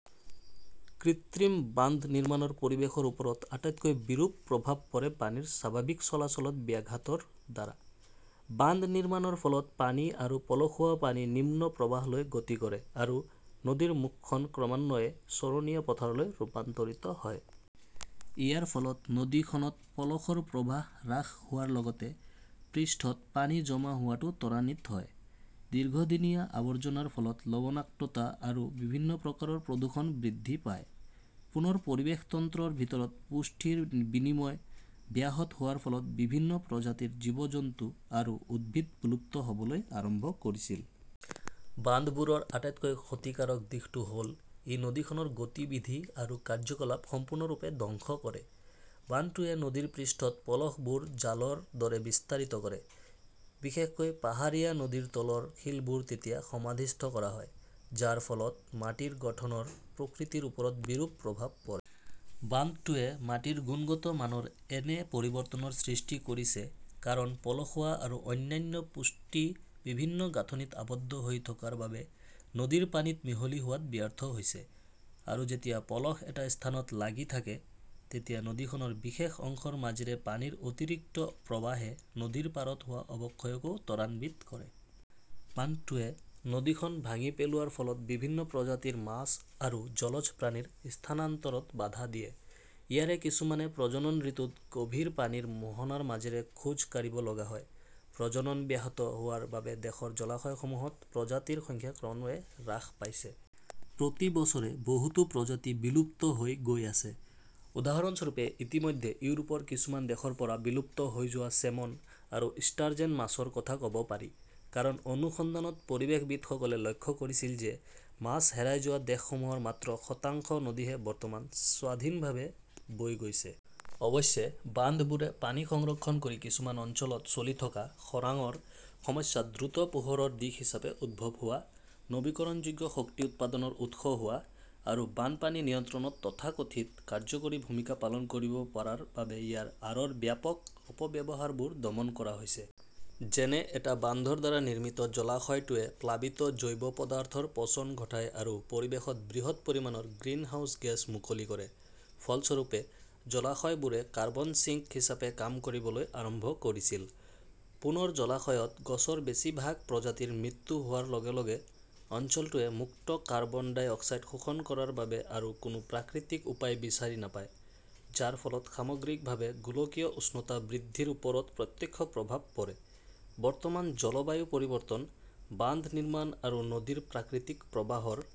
কৃত্ৰিম বান্ধ নিৰ্মাণৰ পৰিৱেশৰ ওপৰত আটাইতকৈ বিৰূপ প্ৰভাৱ পৰে পানীৰ স্বাভাৱিক চলাচলত ব্যাঘাতৰ দ্বাৰা। বান্ধ নিৰ্মাণৰ ফলত পানী আৰু পলসুৱা পানী নিম্ন প্ৰৱাহলৈ গতি কৰে আৰু নদীৰ মুখখন ক্ৰমান্বয়ে চৰণীয়া পথাৰলৈ ৰূপান্তৰিত হয়। ইয়াৰ ফলত নদীখনত পলসৰ প্ৰবাহ হ্ৰাস হোৱাৰ লগতে পৃষ্ঠত পানী জমা হোৱাটো ত্বৰান্বিত হয়। দীৰ্ঘদিনীয়া আৱৰ্জনাৰ ফলত লবণাক্ততা আৰু বিভিন্ন প্ৰকাৰৰ প্ৰদূষণ বৃদ্ধি পায়। পুনৰ পৰিৱেশ তন্ত্ৰৰ ভিতৰত পুষ্টিৰ বিনিময় ব্যাহত হোৱাৰ ফলত বিভিন্ন প্ৰজাতিৰ জীৱ-জন্তু আৰু উদ্ভিদ বিলুপ্ত হ "বলৈ আৰম্ভ কৰিছিল। বান্ধবোৰৰ আটাইতকৈ ক্ষতিকাৰক দিশটো হ 'ল ই নদীখনৰ গতিবিধি আৰু কাৰ্য্যকলাপ সম্পূৰ্ণৰূপে ধ্বংস কৰে। বান্ধটোৱে নদীৰ পৃষ্ঠত পলসবোৰ জালৰ দৰে বিস্তাৰিত কৰে। বিশেষকৈ পাহাৰীয়া নদীৰ তলৰ শিলবোৰ তেতিয়া সমাধিস্থ কৰা হয়, যাৰ ফলত মাটিৰ গঠনৰ প্ৰকৃতিৰ ওপৰত বিৰূপ প্ৰভাৱ পৰে। বান্ধটোৱে মাটিৰ গুণগত মানৰ এনে পৰিৱৰ্তনৰ সৃষ্টি কৰিছে কাৰণ পলসুৱা আৰু অন্যান্য পুষ্টি বিভিন্ন গাঁথনিত আবদ্ধ হৈ থকাৰ বাবে নদীৰ পানীত মিহলি হোৱাত ব্যৰ্থ হৈছে। আৰু যেতিয়া পলস এটা স্থানত লাগি থাকে, তেতিয়া নদীখনৰ বিশেষ অংশৰ মাজেৰে পানীৰ অতিৰিক্ত প্ৰৱাহে নদীৰ পাৰত হোৱা অৱক্ষয়কো ত্বৰান্বিত কৰে। বান্ধটোৱে নদীখন ভাঙি পেলোৱাৰ ফলত বিভিন্ন প্ৰজাতিৰ মাছ আৰু জলজ প্ৰাণীৰ স্থানান্তৰত বাধা দিয়ে। ইয়াৰে কিছুমানে প্ৰজনন ঋতুত গভীৰ পানীৰ মোহনাৰ মাজেৰে খোজ কাঢ়িব লগা হয়। প্ৰজনন ব্যাহত হোৱাৰ বাবে দেশৰ জলাশয়সমূহত প্ৰজাতিৰ সংখ্যা ক্ৰমান্বয়ে হ্ৰাস পাইছে। প্ৰতি বছৰে বহুতো প্ৰজাতি বিলুপ্ত হৈ গৈ আছে। উদাহৰণস্বৰূপে, ইতিমধ্যে ইউৰোপৰ কিছুমান দেশৰ পৰা বিলুপ্ত হৈ যোৱা চেমন আৰু ষ্টাৰজেন মাছৰ কথা ক "ব পাৰি। কাৰণ অনুসন্ধানত পৰিৱেশবিদসকলে লক্ষ্য কৰিছিল যে মাছ হেৰাই যোৱা দেশসমূহৰ মাত্ৰ শতাংশ নদীহে বৰ্তমান স্বাধীনভাৱে বৈ গৈছে। অৱশ্যে, বান্ধবোৰে পানী সংৰক্ষণ কৰি কিছুমান অঞ্চলত চলি থকা খৰাংৰ সমস্যাত দ্ৰুত পোহৰৰ দিশ হিচাপে উদ্ভৱ হোৱা, নৱীকৰণযোগ্য শক্তি উৎপাদনৰ উৎস হোৱা, আৰু বানপানী নিয়ন্ত্ৰণত তথাকথিত কাৰ্যকৰী ভূমিকা পালন কৰিব পাৰাৰ বাবে ইয়াৰ আঁৰৰ ব্যাপক অপব্যৱহাৰবোৰ দমন কৰা হৈছে। যেনে এটা বান্ধৰ দ্বাৰা নিৰ্মিত জলাশয়টোৱে প্লাবিত জৈৱ পদাৰ্থৰ পচন ঘটায় আৰু পৰিৱেশত বৃহৎ পৰিমাণৰ গ্ৰিনহাউজ গেছ মুকলি কৰে। ফলস্বৰূপে, জলাশয়বোৰে কাৰ্বন ছিঙ্ক হিচাপে কাম কৰিবলৈ আৰম্ভ কৰিছিল। পুনৰ জলাশয়ত গছৰ বেছিভাগ প্ৰজাতিৰ মৃত্যু হোৱাৰ লগে লগে, অঞ্চলটোৱে মুক্ত কাৰ্বন ডাই অক্সাইড শোষণ কৰাৰ বাবে আৰু কোনো প্ৰাকৃতিক উপায় বিচাৰি নাপায়, যাৰ ফলত সামগ্ৰিকভাৱে গোলকীয় উষ্ণতা বৃদ্ধিৰ ওপৰত প্ৰত্যক্ষ প্ৰভাৱ পৰে। বৰ্তমান জলবায়ু পৰিৱৰ্তন, বান্ধ নিৰ্মাণ আৰু নদীৰ প্ৰাকৃতিক প্ৰবাহৰ